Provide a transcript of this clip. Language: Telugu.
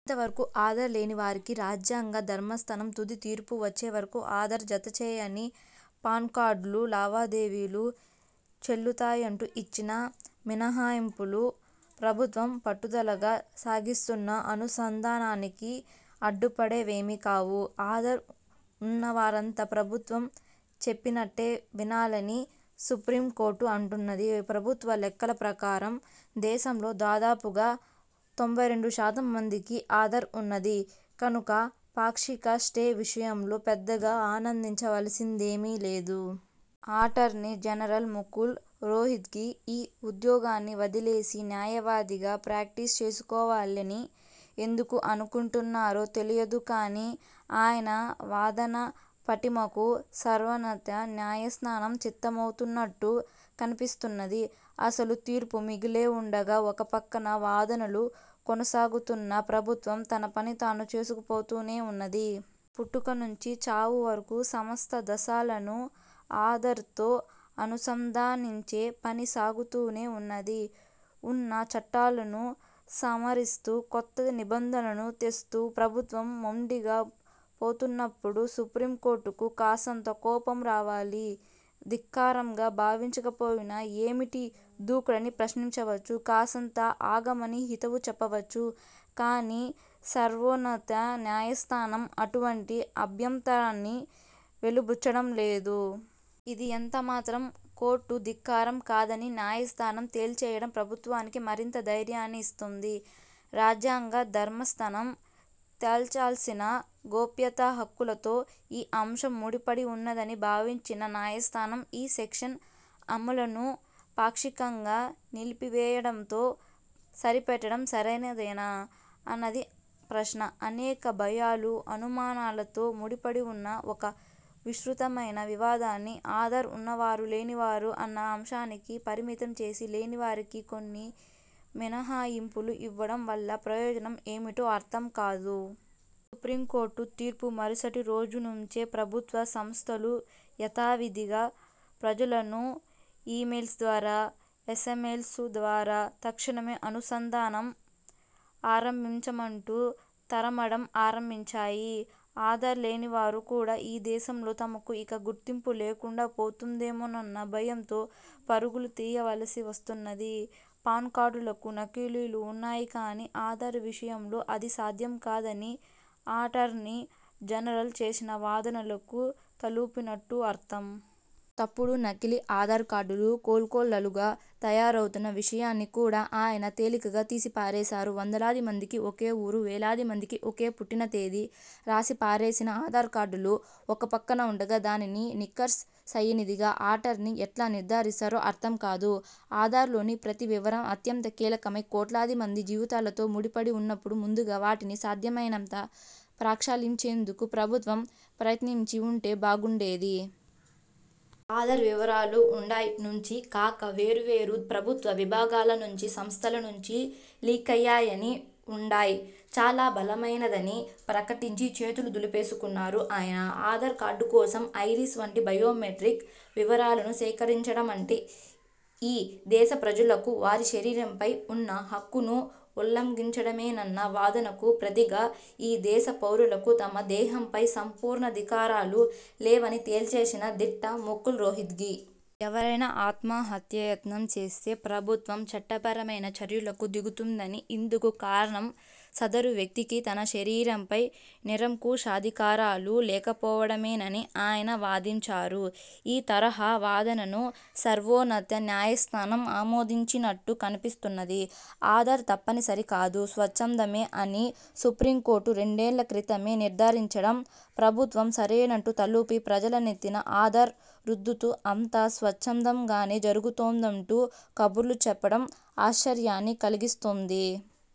ఇంతవరకూ ఆధార్ లేనివారికీ, రాజ్యాంగ ధర్మాస్తనం తుది తీర్పు వచ్చేవరకూ ఆధార్ జతచేయని పాన్కార్డులు, లావాదేవీలు చెల్లుతాయంటూ ఇచ్చిన మినహాయింపులూ ప్రభుత్వం పట్టుదలగా సాగిస్తున్న అనుసంధానానికి అడ్డుపడేవేమీ కావు. ఆధార్ ఉన్నవారంతా ప్రభుత్వం చెప్పినట్టే వినాలని సుప్రీంకోర్టు అంటున్నది. ప్రభుత్వ లెక్కల ప్రకారం దేశంలో దాదాపుగా తొంబ్భై రెండు శాతం మందికి ఆధార్ ఉన్నది కనుక, 'పాక్షిక స్టే' విషయంలో పెద్దగా ఆనందించవలసిందేమీ లేదు. అటార్నీ జనరల్ ముకుల్ రోహిత్గీ ఈ ఉద్యోగాన్ని వదిలేసి, న్యాయవాదిగా ప్రాక్టీస్ చేసుకోవాలని ఎందుకు అనుకుంటున్నారో తెలియదు కానీ, ఆయన వాదనాపటిమకు సర్వోన్నత న్యాయస్థానం చిత్తమవుతున్నట్టు కనిపిస్తున్నది. అసలు తీర్పు మిగిలే ఉండగా, ఒకపక్కన వాదనలు కొనసాగుతున్నా ప్రభుత్వం తన పని తాను చేసుకుపోతూనే ఉన్నది. పుట్టుకనుంచి చావువరకూ సమస్త దశలనూ ఆధార్తో అనుసంధానించే పని సాగుతూనే ఉన్నది. ఉన్న చట్టాలను సవరిస్తూ, కొత్త నిబంధనలు తెస్తూ ప్రభుత్వం మొండిగా పోతున్నప్పుడు సుప్రీంకోర్టుకు కాస్తంత కోపం రావాలి. ధిక్కారంగా భావించకపోయినా, ఏమిటీ దూకుడని ప్రశ్నించవచ్చు. కాసంత ఆగమని హితవు చెప్పవచ్చు. కానీ, సర్వోన్నత న్యాయస్థానం అటువంటి అభ్యంతరాన్ని వెలిబుచ్చడంలేదు. ఇది ఎంతమాత్రం కోర్టు ధిక్కారం కాదని న్యాయస్థానం తేల్చేయడం ప్రభుత్వానికి మరింత ధైర్యాన్ని ఇస్తుంది. రాజ్యాంగ ధర్మాస్తనం తేల్చాల్సిన గోప్యతహక్కులతో ఈ అంశం ముడిపడివున్నదని భావించిన న్యాయస్థానం ఈ సెక్షన్ అమలును పాక్షికంగా నిలిపివేయడంతో సరిపెట్టడం సరైనదేనా అన్నది ప్రశ్న. అనేక భయాలు, అనుమానాలతో ముడిపడివున్న ఒక విస్తృతమైన వివాదాన్ని ఆధార్ ఉన్నవారూ లేనివారూ అన్న అంశానికి పరిమితం చేసి, లేనివారికి కొన్ని మినహాయింపులు ఇవ్వడం వల్ల ప్రయోజనం ఏమిటో అర్థంకాదు. సుప్రీంకోర్టు తీర్పు మరుసటిరోజునుంచే ప్రభుత్వ సంస్థలు యథావిథిగా ప్రజలను ఈమెయిల్స్ ద్వారా, ఎస్ఎంఎస్ల ద్వారా తక్షణమే అనుసంధానం ఆరంభించమంటూ తరమడం ఆరంభించాయి. ఆధార్లేనివారు కూడా ఈ దేశంలో తమకు ఇక గుర్తింపులేకుండా పోతుందేమోనన్న భయంతో పరుగులు తీయవలసి వస్తున్నది. పాన్కార్డులకు నకిలీలు ఉన్నాయి కానీ, ఆధార్ విషయంలో అది సాధ్యం కాదని అటార్నీ జనరల్ చేసిన వాదనలకు తలూపినట్టు అర్థం. తప్పుడు, నకిలీ ఆధార్ కార్డులు కోకొల్లలుగా తయారవుతున్న విషయాన్ని కూడా ఆయన తేలికగా తీసిపారేశారు. వందలాదిమందికి ఒకే ఊరు, వేలాదిమందికి ఒకే పుట్టినతేదీ రాసిపారేసిన ఆధార్కార్డులు ఒకపక్కన ఉండగా, దానిని నికార్సయినదిగా అటార్నీ ఎట్లా నిర్థారిస్తారో అర్థం కాదు. ఆధార్లోని ప్రతి వివరం అత్యంత కీలకమై, కోట్లాదిమంది జీవితాలతో ముడిపడివున్నప్పుడు ముందుగా వాటిని సాధ్యమైనంత ప్రక్షాళించేందుకు ప్రభుత్వం ప్రయత్నించివుంటే బాగుండేది. ఆధార్ వివరాలు ఉండాయ్ నుంచి కాక వేర్వేరు ప్రభుత్వ విభాగాల నుంచి, సంస్థల నుంచి లీకయ్యాయనీ, ఉండాయ్ చాలా బలమైనదని ప్రకటించి చేతులు దులిపేసుకున్నారు ఆయన. ఆధార్ కార్డుకోసం ఐరిస్ వంటి బయోమెట్రిక్ వివరాలను సేకరించడమంటే ఈ దేశప్రజలకు వారి శరీరంపై ఉన్న హక్కును ఉల్లంఘించడమేనన్న వాదనకు ప్రతిగా ఈ దేశ పౌరులకు తమ దేహంపై సంపూర్ణాధికారాలు లేవని తేల్చేసిన దిట్ట ముకుల్ రోహిత్గీ. ఎవరైనా ఆత్మహత్యాయత్నం చేస్తే ప్రభుత్వం చట్టపరమైన చర్యలకు దిగుతుందనీ, ఇందుకు కారణం సదరు వ్యక్తికి తన శరీరంపై నిరంకుశాధికారాలు లేకపోవడమేనని ఆయన వాదించారు. ఈ తరహా వాదనను సర్వోన్నత న్యాయస్థానం ఆమోదించినట్టు కనిపిస్తున్నది. ఆధార్ తప్పనిసరి కాదు, స్వచ్ఛందమే అని సుప్రీంకోర్టు రెండేళ్ళక్రితమే నిర్థారించడం, ప్రభుత్వం సరేనంటూ తలూపి, ప్రజలనెత్తిన ఆధార్ రుద్దుతూ అంతా స్వచ్ఛందంగానే జరిగిపోతోందంటూ కబుర్లుచెప్పడం ఆశ్చర్యాన్ని కలిగిస్తుంది.